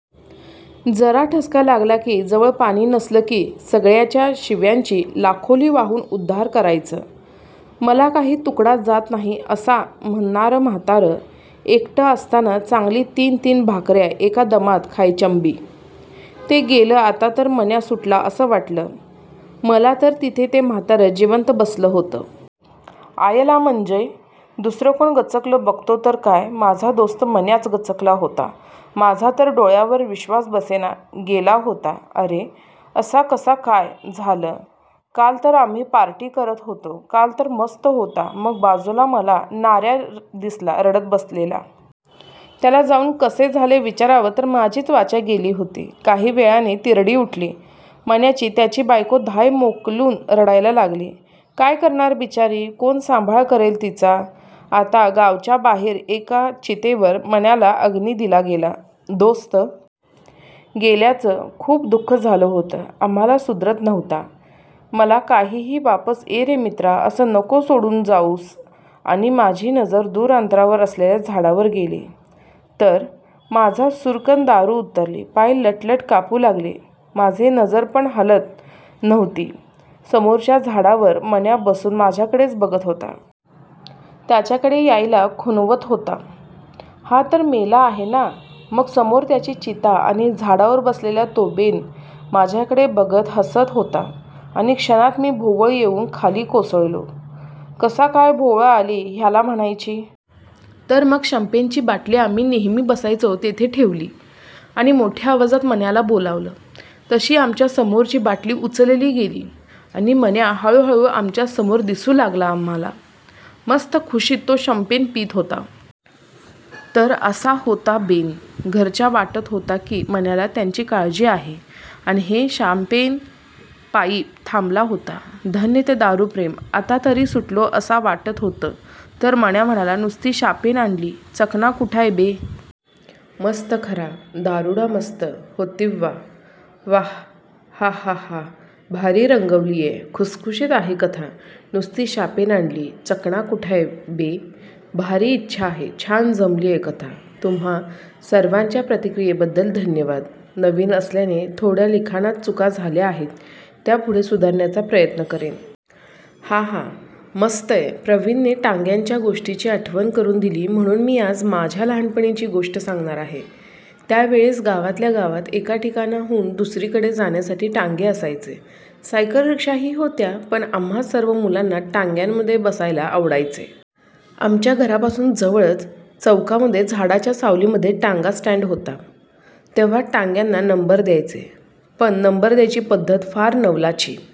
जरा ठसका लागला आणि जवळ पाणी नसल कि सगळ्याचा शिव्यांची लाखोली वाहून उद्धार करायच. मला काही तुकडा जात नाही असा म्हणनार म्हातारं एकट असताना चांगली तीन तीन भाकऱ्या एका दमात खायचंबी. ते गेलं आता तर मन्या सुटला अस वाटलं मला तर तिथे ते म्हातारं जिवंत बसल होत. अायला म्हंजे दुसर कोण गचकलबघतो तर काय माझा दोस्त मन्याचं गचकला होतामाझा तर डोळ्यावर विश्वास बसेना गेला होता अरे असा कसा काय झालंकाल तर आम्ही पार्टी करत होतोकाल तर मस्त होता मगबाजूला मला नाऱ्या दिसला रडत बसलेला. त्याला जाऊन कसे झाले विचारावं तर माझीच वाचा गेली होतीकाही वेळाने तिरडी उठली मण्याचीत्याची बायको धाय मोकलून रडायला लागली. काय करणार बिचारी, कोण सांभाळ करेल तिचा आतागावाबाहेरच्या एका चितेवर मन्याला अग्नी दिला गेला. दोस्त गेल्याच खूप दुःख झालं होता आम्हालासुधरत नव्हता मला काहीहीवापस ये रे मित्रा अस नको सोडून जाऊसआणि माझी नजर दूर अंतरावर असलेल्या झाडावर गेली तर, माझा सूरकन दारू उतरलीपाय लटपट कापू लागले माझेनजर पण हालत नव्हतीसमोरच्या झाडावर मन्या बसून माझ्याकडेच बघत होता. त्याच्याकडे यायला खुणावत होताहा तर मेला आहे ना मगसमोर त्याची चीता आणि झाडावर बसलेला तोबेन माझ्याकडे बघत हसत होता आणि क्षणात मी भोवळ येऊन खाली कोसळलो. " कसा काय भोवळ आली ह्याला म्हणायची? तर मग शंपेन ची बाटली आम्ही नेहमी बसायचो तेथे ठेवली. आणि मोठ्या आवाजात मण्याला बोलावलं. तशी आमच्या समोरची बाटली उचलली गेली. आणि मन्या हळू हळू आमच्या समोर दिसू लागला आम्हाला. मस्त खुशीत तो शंपेण पित होता. तर असा होता बेन, घरच्या वाटत होता की मन्याला त्यांची काळजी आहे आणि हे शांपेन पायी थांबला होता. धन्य ते दारू प्रेमआता तरी सुटलो असा वाटत होतं तर मन्या म्हणाला"नुसती शापेण आणली, चकणा कुठाय बे? "मस्तखरा दारुडामस्त होतीव्वा व्वाहाहाहा भारी रंगवलीयखुसखुशीत आहे कथा"नुसती शापेण आणली, चकणा कुठाय बे? "भारी ईच्छा आहेछान जमलीय कथातुम्हा सर्वांच्या प्रतिक्रियेबद्दल धन्यवाद. नवीन असल्याने थोड्या लिखाणात चुका झाल्या आहेत. त्या पुढे सुधारण्याचा प्रयत्न करेन. हाहा मस्तेय️ प्रवीणने टांग्याच्या गोष्टीची आठवण करून दिली म्हणून मी आज माझ्या लहानपणीची गोष्ट सांगणार आहे. त्या वेळेस गावातल्या गावात एका ठिकाणाहून दुसरीकड़े जाण्यासाठी टांगे असायचे. सायकल रिक्षाही होत्या पण आम्हां सर्व मुलांना टांग्यामध्ये बसायला आवडायचे. आमच्या घरापासून जवळच चौकामधे झाडाच्या सावलीमध्ये टांगा स्टॅन्ड होता. तेव्हा टांग्यांना नंबर द्यायचे. पण नंबर द्यायची पद्धत फार नवलाची.